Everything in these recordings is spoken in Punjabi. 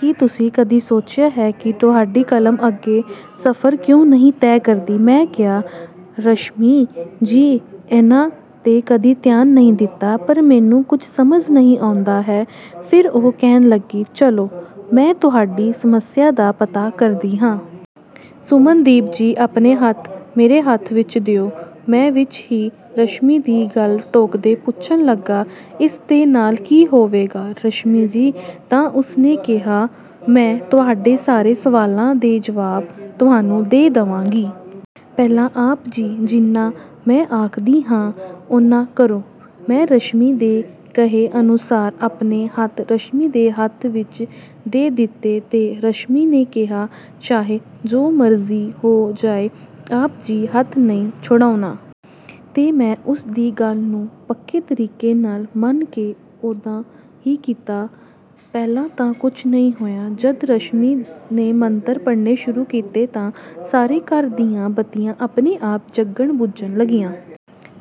ਕੀ ਤੁਸੀਂ ਕਦੀ ਸੋਚਿਆ ਹੈ ਕਿ ਤੁਹਾਡੀ ਕਲਮ ਅੱਗੇ ਸਫ਼ਰ ਕਿਉਂ ਨਹੀਂ ਤੈਅ ਕਰਦੀ? ਮੈਂ ਕਿਹਾ, "ਰਸ਼ਮੀ ਜੀ, ਇਹਨਾਂ 'ਤੇ ਕਦੀ ਧਿਆਨ ਨਹੀਂ ਦਿੱਤਾ, ਪਰ ਮੈਨੂੰ ਕੁਝ ਸਮਝ ਨਹੀਂ ਆਉਂਦਾ ਹੈ। ਫਿਰ ਉਹ ਕਹਿਣ ਲੱਗੀ, ਚਲੋ, ਮੈਂ ਤੁਹਾਡੀ ਸਮੱਸਿਆ ਦਾ ਪਤਾ ਕਰਦੀ ਹਾਂ। ਸੁਮਨਦੀਪ ਜੀ, ਆਪਣੇ ਹੱਥ ਮੇਰੇ ਹੱਥ ਵਿੱਚ ਦਿਓ। ਮੈਂ ਵਿਚ ਹੀ ਰਸ਼ਮੀ ਦੀ ਗੱਲ ਟੋਕਦੇ ਪੁੱਛਣ ਲੱਗਾ, ਇਸ ਦੇ ਨਾਲ ਕੀ ਹੋਵੇਗਾ, ਰਸ਼ਮੀ ਜੀ? ਤਾਂ ਉਸਨੇ ਕਿਹਾ, ਮੈਂ ਤੁਹਾਡੇ ਸਾਰੇ ਸਵਾਲਾਂ ਦੇ ਜਵਾਬ ਤੁਹਾਨੂੰ ਦੇ ਦਵਾਂਗੀ। ਪਹਿਲਾਂ ਆਪ ਜੀ ਜਿੰਨਾਂ ਮੈਂ ਆਖਦੀ ਹਾਂ, ਉਨ੍ਹਾਂ ਕਰੋ। ਮੈਂ ਰਸ਼ਮੀ ਦੇ ਕਹੇ ਅਨੁਸਾਰ ਆਪਣੇ ਹੱਥ ਰਸ਼ਮੀ ਦੇ ਹੱਥ ਵਿੱਚ ਦੇ ਦਿੱਤੇ ਤੇ ਰਸ਼ਮੀ ਨੇ ਕਿਹਾ, ਚਾਹੇ ਜੋ ਮਰਜ਼ੀ ਹੋ ਜਾਏ, ਆਪ ਜੀ ਹੱਥ ਨਹੀਂ ਛੁੜਾਉਣਾ। ਤੇ ਮੈਂ ਉਸਦੀ ਗੱਲ ਨੂੰ ਪੱਕੇ ਤਰੀਕੇ ਨਾਲ ਮੰਨ ਕੇ ਓਦਾ ਹੀ ਕੀਤਾ। ਪਹਿਲਾਂ ਤਾਂ ਕੁਛ ਨਹੀਂ ਹੋਇਆ। ਜਦ ਰਸ਼ਮੀ ਨੇ ਮੰਤਰ ਪੜ੍ਹਨੇ ਸ਼ੁਰੂ ਕੀਤਾ ਤਾਂ ਸਾਰੇ ਘਰ ਦੀਆਂ ਬੱਤੀਆਂ ਆਪਣੇ ਆਪ ਜਗਣ-ਬੁਝਣ ਲੱਗੀਆਂ।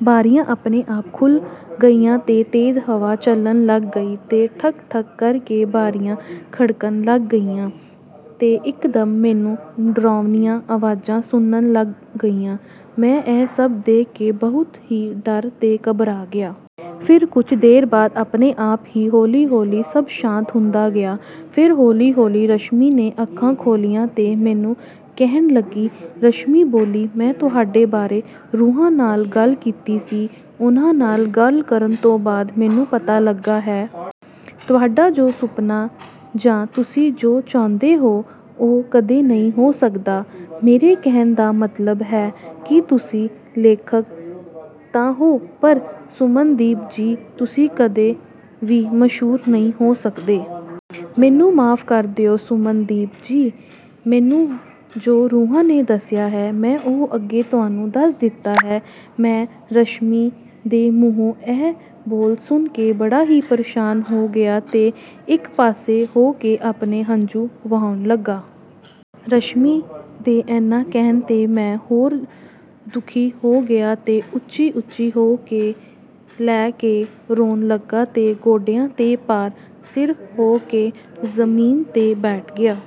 ਬਾਰੀਆਂ ਆਪਣੇ ਆਪ ਖੁੱਲ੍ਹ ਗਈਆਂ ਤੇ ਤੇਜ਼ ਹਵਾ ਚੱਲਣ ਲੱਗ ਗਈ ਤੇ ਠੱਕ-ਠੱਕ ਕਰਕੇ ਬਾਰੀਆਂ ਖੜਕਣ ਲੱਗ ਗਈਆਂ। ਤੇ ਇਕਦਮ ਮੈਨੂੰ ਡਰਾਉਣੀਆਂ ਆਵਾਜ਼ਾਂ ਸੁਣਨ ਲੱਗ ਗਈਆਂ। ਮੈਂ ਇਹ ਸਭ ਦੇਖ ਕੇ ਬਹੁਤ ਹੀ ਡਰ ਤੇ ਘਬਰਾ ਗਿਆ। ਫਿਰ ਕੁਝ ਦੇਰ ਬਾਅਦ ਆਪਣੇ ਆਪ ਹੀ ਹੌਲੀ-ਹੌਲੀ ਸਭ ਸ਼ਾਂਤ ਹੁੰਦਾ ਗਿਆ। ਫਿਰ ਹੌਲੀ-ਹੌਲੀ ਰਸ਼ਮੀ ਨੇ ਅੱਖਾਂ ਖੋਲ੍ਹੀਆਂ ਤੇ ਮੈਨੂੰ ਕਹਿਣ ਲੱਗੀ। ਰਸ਼ਮੀ ਬੋਲੀ, ਮੈਂ ਤੁਹਾਡੇ ਬਾਰੇ ਰੂਹਾਂ ਨਾਲ ਗੱਲ ਕੀਤੀ ਸੀ। ਉਹਨਾਂ ਨਾਲ ਗੱਲ ਕਰਨ ਤੋਂ ਬਾਅਦ ਮੈਨੂੰ ਪਤਾ ਲੱਗਾ ਹੈ। ਤੁਹਾਡਾ ਜੋ ਸੁਪਨਾ ਜਾਂ ਤੁਸੀਂ ਜੋ ਚਾਹੁੰਦੇ ਹੋ, ਉਹ ਕਦੇ ਨਹੀਂ ਹੋ ਸਕਦਾ। ਮੇਰੇ ਕਹਿਣ ਦਾ ਮਤਲਬ ਹੈ ਕਿ ਤੁਸੀਂ ਲੇਖਕ ਤਾਂ ਹੋ, ਪਰ ਸੁਮਨਦੀਪ ਜੀ, ਤੁਸੀਂ ਕਦੇ ਵੀ ਮਸ਼ਹੂਰ ਨਹੀਂ ਹੋ ਸਕਦੇ। ਮੈਨੂੰ ਮੁਆਫ਼ ਕਰ ਦਿਉ, ਸੁਮਨਦੀਪ ਜੀ। ਮੈਨੂੰ ਜੋ ਰੂਹਾਂ ਨੇ ਦੱਸਿਆ ਹੈ, ਮੈਂ ਓ ਅੱਗੇ ਤੁਹਾਨੂੰ ਦੱਸ ਦਿੱਤਾ ਹੈ। ਮੈਂ ਰਸ਼ਮੀ ਦੇ ਮੂੰਹੋਂ ਇਹ ਬੋਲ ਸੁਣਕੇ ਬੜਾ ਹੀ ਪਰੇਸ਼ਾਨ ਹੋ ਗਿਆ ਤੇ ਇੱਕ ਪਾਸੇ ਹੋ ਕੇ ਆਪਣੇ ਹੰਝੂ ਵਹਾਉਣ ਲੱਗਾ। ਰਸ਼ਮੀ ਦੇ ਇੰਨਾ ਕਹਿਣ 'ਤੇ ਮੈਂ ਹੋਰ ਦੁਖੀ ਹੋ ਗਿਆ ਤੇ ਉੱਚੀ-ਉੱਚੀ ਹੋ ਕੇ ਲੈ ਕੇ ਰੋਣ ਲੱਗਾ ਤੇ ਗੋਡਿਆਂ ਦੇ ਭਾਰ ਸਿਰ ਹੋ ਕੇ ਜ਼ਮੀਨ 'ਤੇ ਬੈਠ ਗਿਆ।